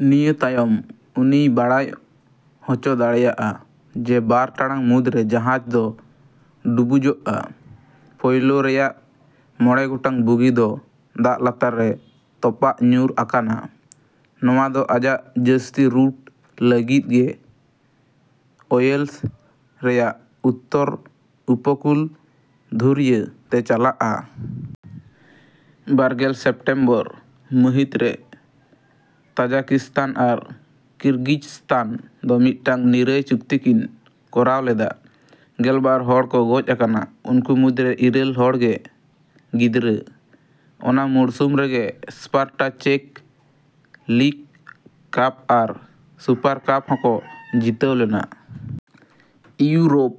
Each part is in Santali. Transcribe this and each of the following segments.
‎ᱱᱤᱭᱟᱹ ᱛᱟᱭᱚᱢ ᱩᱱᱤᱭ ᱵᱟᱲᱟᱭ ᱦᱚᱪᱚ ᱫᱟᱲᱮᱭᱟᱜᱼᱟ, ᱡᱮ ᱵᱟᱨ ᱴᱟᱲᱟᱝ ᱢᱩᱫᱨᱮ ᱡᱟᱦᱟᱡ ᱫᱚ ᱰᱩᱵᱩᱡᱚᱜᱼᱟ᱾ ᱯᱳᱭᱞᱳ ᱨᱮᱭᱟᱜ ᱢᱚᱬᱮ ᱜᱚᱴᱟᱝ ᱵᱩᱜᱤ ᱫᱚ ᱫᱟᱜ ᱞᱟᱛᱟᱨ ᱨᱮ ᱛᱚᱯᱟᱜ ᱧᱩᱨ ᱟᱠᱟᱱᱟ᱾ ᱱᱚᱶᱟ ᱫᱚ ᱟᱡᱟᱜ ᱡᱟᱹᱥᱛᱤ ᱨᱩᱴ ᱞᱟᱹᱜᱤᱫ ᱜᱮ ᱳᱭᱮᱞᱥ ᱨᱮᱭᱟᱜ ᱩᱛᱛᱚᱨ ᱩᱯᱚᱠᱩᱞ ᱫᱷᱩᱨᱭᱟᱹ ᱛᱮ ᱪᱟᱞᱟᱜᱼᱟ᱾ ᱵᱟᱨᱜᱮᱞ ᱥᱮᱯᱴᱮᱢᱵᱚᱨ ᱢᱟᱹᱦᱤᱛᱨᱮ, ᱛᱟᱡᱟᱠᱤᱥᱛᱟᱱ ᱟᱨ ᱠᱤᱨᱜᱤᱡᱥᱛᱟᱱ ᱫᱚ ᱢᱤᱫᱴᱟᱝ ᱱᱤᱨᱟᱹᱭ ᱪᱩᱠᱛᱤ ᱠᱤᱱ ᱠᱚᱨᱟᱣ ᱞᱮᱫᱟ᱾ ᱜᱮᱞᱵᱟᱨ ᱦᱚᱲ ᱠᱚ ᱜᱚᱡ ᱟᱠᱟᱱᱟ, ᱩᱱᱠᱩ ᱢᱩᱫᱨᱮ ᱤᱨᱟᱹᱞ ᱦᱚᱲ ᱜᱮ ᱜᱤᱫᱽᱨᱟᱹ᱾ ᱚᱱᱟ ᱢᱩᱲᱥᱩᱢ ᱨᱮᱜᱮ ᱥᱯᱟᱨᱴᱟ ᱪᱮᱠ ᱞᱤᱜ ᱠᱟᱯ ᱟᱨ ᱥᱩᱯᱟᱨ ᱠᱟᱯ ᱦᱚᱸᱠᱚ ᱡᱤᱛᱟᱹᱣ ᱞᱮᱱᱟ᱾ ᱤᱭᱩᱨᱳᱯ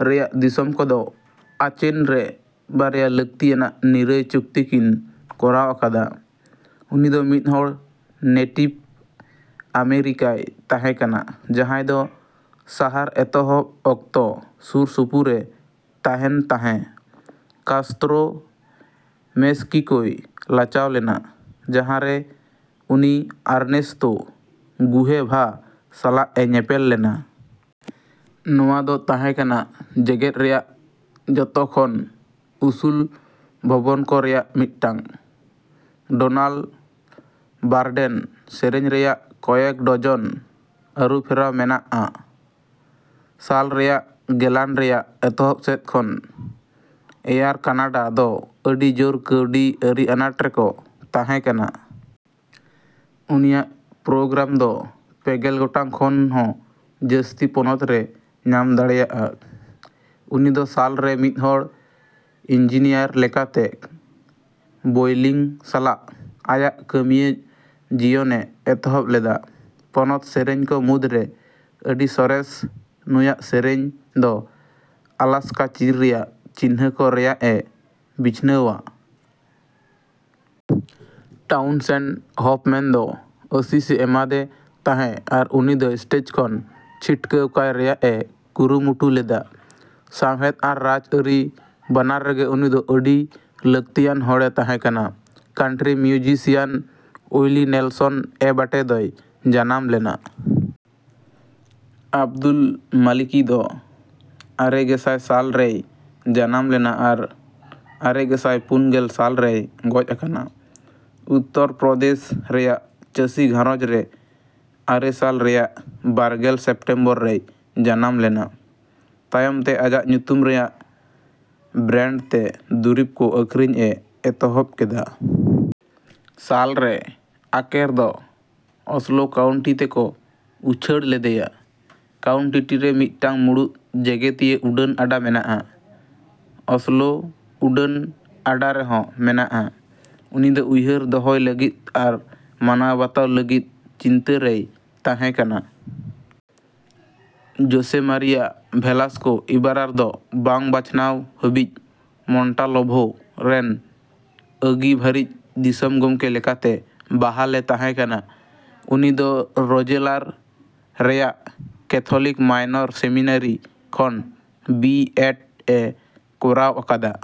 ᱨᱮᱭᱟᱜ ᱫᱤᱥᱚᱢ ᱠᱚᱫᱚ ᱟᱪᱮᱱ ᱨᱮ ᱵᱟᱨᱭᱟ ᱞᱟᱹᱠᱛᱤᱭᱟᱱᱟᱜ ᱱᱤᱨᱟᱹᱭ ᱪᱩᱠᱛᱤ ᱠᱤᱱ ᱠᱚᱨᱟᱣ ᱟᱠᱟᱫᱟ᱾ ᱩᱱᱤᱫᱚ ᱢᱤᱫᱦᱚᱲ ᱱᱮᱴᱤᱵᱷ ᱟᱢᱮᱨᱤᱠᱟᱭ ᱛᱟᱦᱮᱸ ᱠᱟᱱᱟ ᱡᱟᱸᱦᱟᱭ ᱫᱚ ᱥᱟᱦᱟᱨ ᱮᱛᱚᱦᱚᱵ ᱚᱠᱛᱚ ᱥᱩᱨᱥᱩᱯᱩᱨᱮ ᱛᱟᱦᱮᱱ ᱛᱟᱦᱮᱸ᱾ ᱠᱟᱥᱛᱨᱳ ᱢᱮᱥᱠᱤᱠᱳᱭ ᱞᱟᱪᱟᱣ ᱞᱮᱱᱟ, ᱡᱟᱸᱦᱟᱨᱮ ᱩᱱᱤ ᱟᱨᱱᱮᱥᱛᱳ ᱜᱩᱦᱮᱵᱷᱟ ᱥᱟᱞᱟᱜ ᱮ ᱧᱮᱯᱮᱞ ᱞᱮᱱᱟ᱾ ᱱᱚᱶᱟ ᱫᱚ ᱛᱟᱦᱮᱸ ᱠᱟᱱᱟ ᱡᱮᱜᱮᱫ ᱨᱮᱭᱟᱜ ᱡᱚᱛᱚᱠᱷᱚᱱ ᱩᱥᱩᱞ ᱵᱷᱚᱵᱚᱱ ᱠᱚ ᱨᱮᱭᱟᱜ ᱢᱤᱫᱴᱟᱝ᱾ ᱰᱳᱱᱟᱞᱰ ᱵᱟᱨᱰᱮᱱ ᱥᱮᱹᱨᱮᱹᱧ ᱨᱮᱭᱟᱜ ᱠᱚᱭᱮᱠ ᱰᱚᱡᱚᱱ ᱟᱹᱨᱩᱯᱷᱮᱨᱟᱣ ᱢᱮᱱᱟᱜᱼᱟ᱾ ᱥᱟᱞ ᱨᱮᱭᱟᱜ ᱜᱮᱞᱟᱱ ᱨᱮᱭᱟᱜ ᱮᱛᱚᱦᱚᱵ ᱥᱮᱫ ᱠᱷᱚᱱ ᱮᱭᱟᱨ ᱠᱟᱱᱟᱰᱟ ᱫᱚ ᱟᱹᱰᱤ ᱡᱳᱨ ᱠᱟᱹᱣᱰᱤ ᱟᱹᱨᱤ ᱟᱱᱟᱴ ᱨᱮᱠᱚ ᱛᱟᱦᱮᱸ ᱠᱟᱱᱟ᱾ ᱩᱱᱤᱭᱟᱜ ᱯᱨᱳᱜᱨᱟᱢ ᱫᱚ ᱯᱮᱜᱮᱞ ᱜᱚᱴᱟᱝ ᱠᱷᱚᱱ ᱦᱚᱸ ᱡᱟᱹᱥᱛᱤ ᱯᱚᱱᱚᱛ ᱨᱮ ᱧᱟᱢ ᱫᱟᱲᱮᱭᱟᱜᱼᱟ᱾ ᱩᱱᱤ ᱫᱚ ᱥᱟᱞ ᱨᱮ ᱢᱤᱫᱦᱚᱲ ᱤᱧᱡᱤᱱᱤᱭᱟᱨ ᱞᱮᱠᱟᱛᱮ ᱵᱳᱭᱞᱤᱝ ᱥᱟᱞᱟᱜ ᱟᱭᱟᱜ ᱠᱟᱹᱢᱤᱭᱟᱹ ᱡᱤᱭᱚᱱᱮ ᱮᱛᱚᱦᱚᱵ ᱞᱮᱫᱟ᱾ ᱯᱚᱱᱚᱛ ᱥᱮᱹᱨᱮᱹᱧ ᱠᱚ ᱢᱩᱫᱨᱮ ᱟᱹᱰᱤ ᱥᱚᱨᱮᱥ, ᱱᱩᱭᱟᱜ ᱥᱮᱹᱨᱮᱹᱧ ᱫᱚ ᱟᱞᱟᱥᱠᱟ ᱪᱤᱨ ᱨᱮᱭᱟᱜ ᱪᱤᱱᱦᱟᱹ ᱠᱚ ᱨᱮᱭᱟᱜ ᱮ ᱵᱤᱪᱷᱱᱟᱹᱣᱟ᱾ ᱴᱟᱣᱩᱱᱥᱮᱱᱰ ᱦᱚᱯᱷᱢᱮᱹᱱ ᱫᱚ ᱟᱹᱥᱤᱥᱮ ᱮᱢᱟᱫᱮ ᱛᱟᱦᱮᱸ ᱟᱨ ᱩᱱᱤ ᱫᱚ ᱥᱴᱮᱡ ᱠᱷᱚᱱ ᱪᱷᱤᱴᱠᱟᱹᱣ ᱠᱟᱭ ᱨᱮᱭᱟᱜ ᱮ ᱠᱩᱨᱩᱢᱩᱴᱩ ᱞᱮᱫᱟ᱾ ᱥᱟᱶᱦᱮᱫ ᱟᱨ ᱨᱟᱡᱽ ᱟᱹᱨᱤ ᱵᱟᱱᱟᱨ ᱨᱮᱜᱮ ᱩᱱᱤᱫᱚ ᱟᱹᱰᱤ ᱞᱟᱹᱠᱛᱤᱭᱟᱱ ᱦᱚᱲᱮ ᱛᱟᱦᱮᱸ ᱠᱟᱱᱟ᱾ ᱠᱟᱱᱴᱨᱤ ᱢᱤᱭᱩᱡᱤᱥᱤᱭᱟᱱ ᱩᱭᱞᱤ ᱱᱮᱞᱥᱚᱱ ᱮᱹᱵᱟᱴᱮ ᱫᱚᱭ ᱡᱟᱱᱟᱢ ᱞᱮᱱᱟ᱾ ᱟᱵᱫᱩᱞ ᱢᱟᱞᱤᱠᱤ ᱫᱚ ᱟᱨᱮᱜᱮᱥᱟᱭ ᱥᱟᱞ ᱨᱮᱭ ᱡᱟᱱᱟᱢ ᱞᱮᱱᱟ ᱟᱨ ᱟᱨᱮᱜᱮᱥᱟᱭ ᱯᱩᱱᱜᱮᱞ ᱥᱟᱞ ᱨᱮᱭ ᱜᱚᱡ ᱟᱠᱟᱱᱟ᱾ ᱩᱛᱛᱚᱨ ᱯᱨᱚᱫᱮᱥ ᱨᱮᱭᱟᱜ ᱪᱟᱹᱥᱤ ᱜᱷᱟᱸᱨᱚᱡᱽ ᱨᱮ ᱟᱨᱮ ᱥᱟᱞ ᱨᱮᱭᱟᱜ ᱵᱟᱨᱜᱮᱞ ᱥᱮᱯᱴᱮᱢᱵᱚᱨ ᱨᱮᱭ ᱡᱟᱱᱟᱢ ᱞᱮᱱᱟ᱾ ᱛᱟᱭᱚᱢ ᱛᱮ ᱟᱡᱟᱜ ᱧᱩᱛᱩᱢ ᱨᱮᱭᱟᱜ ᱵᱨᱮᱹᱱᱰ ᱛᱮ ᱫᱩᱨᱤᱵ ᱠᱚ ᱟᱹᱠᱷᱨᱤᱧ ᱮ ᱮᱛᱚᱦᱚᱵ ᱠᱮᱫᱟ᱾ ᱥᱟᱞ ᱨᱮ ᱟᱠᱮᱨ ᱫᱚ ᱚᱥᱞᱳ ᱠᱟᱣᱩᱱᱴᱤ ᱛᱮᱠᱚ ᱩᱪᱷᱟᱹᱲ ᱞᱮᱫᱮᱭᱟ᱾ ᱠᱟᱣᱩᱱᱴᱤᱴᱤᱨᱮ ᱢᱤᱫᱴᱟᱝ ᱢᱩᱲᱩᱫ ᱡᱮᱜᱮᱛᱤᱭᱟᱹ ᱩᱰᱟᱹᱱ ᱟᱰᱟ ᱢᱮᱱᱟᱜᱼᱟ, ᱚᱥᱞᱳ ᱩᱰᱟᱹᱱ ᱟᱰᱟ ᱨᱮᱦᱚᱸ ᱢᱮᱱᱟᱜᱼᱟ᱾ ᱩᱱᱤ ᱫᱚ ᱩᱭᱦᱟᱹᱨ ᱫᱚᱦᱚᱭ ᱞᱟᱹᱜᱤᱫ ᱟᱨ ᱢᱟᱱᱟᱣᱼᱵᱟᱛᱟᱣ ᱞᱟᱹᱜᱤᱫ ᱪᱤᱱᱛᱟᱹ ᱨᱮᱭ ᱛᱟᱦᱮᱸ ᱠᱟᱱᱟ᱾ ᱡᱳᱥᱮ ᱢᱟᱨᱤᱭᱟ ᱵᱷᱮᱞᱟᱥᱠᱳ ᱤᱵᱟᱨᱟᱨ ᱫᱚ ᱵᱟᱝ ᱵᱟᱪᱷᱱᱟᱣ ᱦᱟᱹᱵᱤᱡ ᱢᱚᱱᱴᱟᱞᱚᱵᱷᱳ ᱨᱮᱱ ᱟᱹᱜᱤᱵᱷᱟᱨᱤᱡ ᱫᱤᱥᱚᱢ ᱜᱚᱝᱠᱮ ᱞᱮᱠᱟᱛᱮ ᱵᱟᱦᱟᱞᱮ ᱛᱟᱦᱮᱸ ᱠᱟᱱᱟ᱾ ᱩᱱᱤ ᱫᱚ ᱨᱳᱡᱮᱞᱟᱨ ᱨᱮᱭᱟᱜ ᱠᱮᱹᱛᱷᱚᱞᱤᱠ ᱢᱟᱭᱱᱚᱨ ᱥᱮᱢᱤᱱᱟᱨᱤ ᱠᱷᱚᱱ ᱵᱤ ᱮᱰ ᱮ ᱠᱚᱨᱟᱣ ᱟᱠᱟᱫᱟ᱾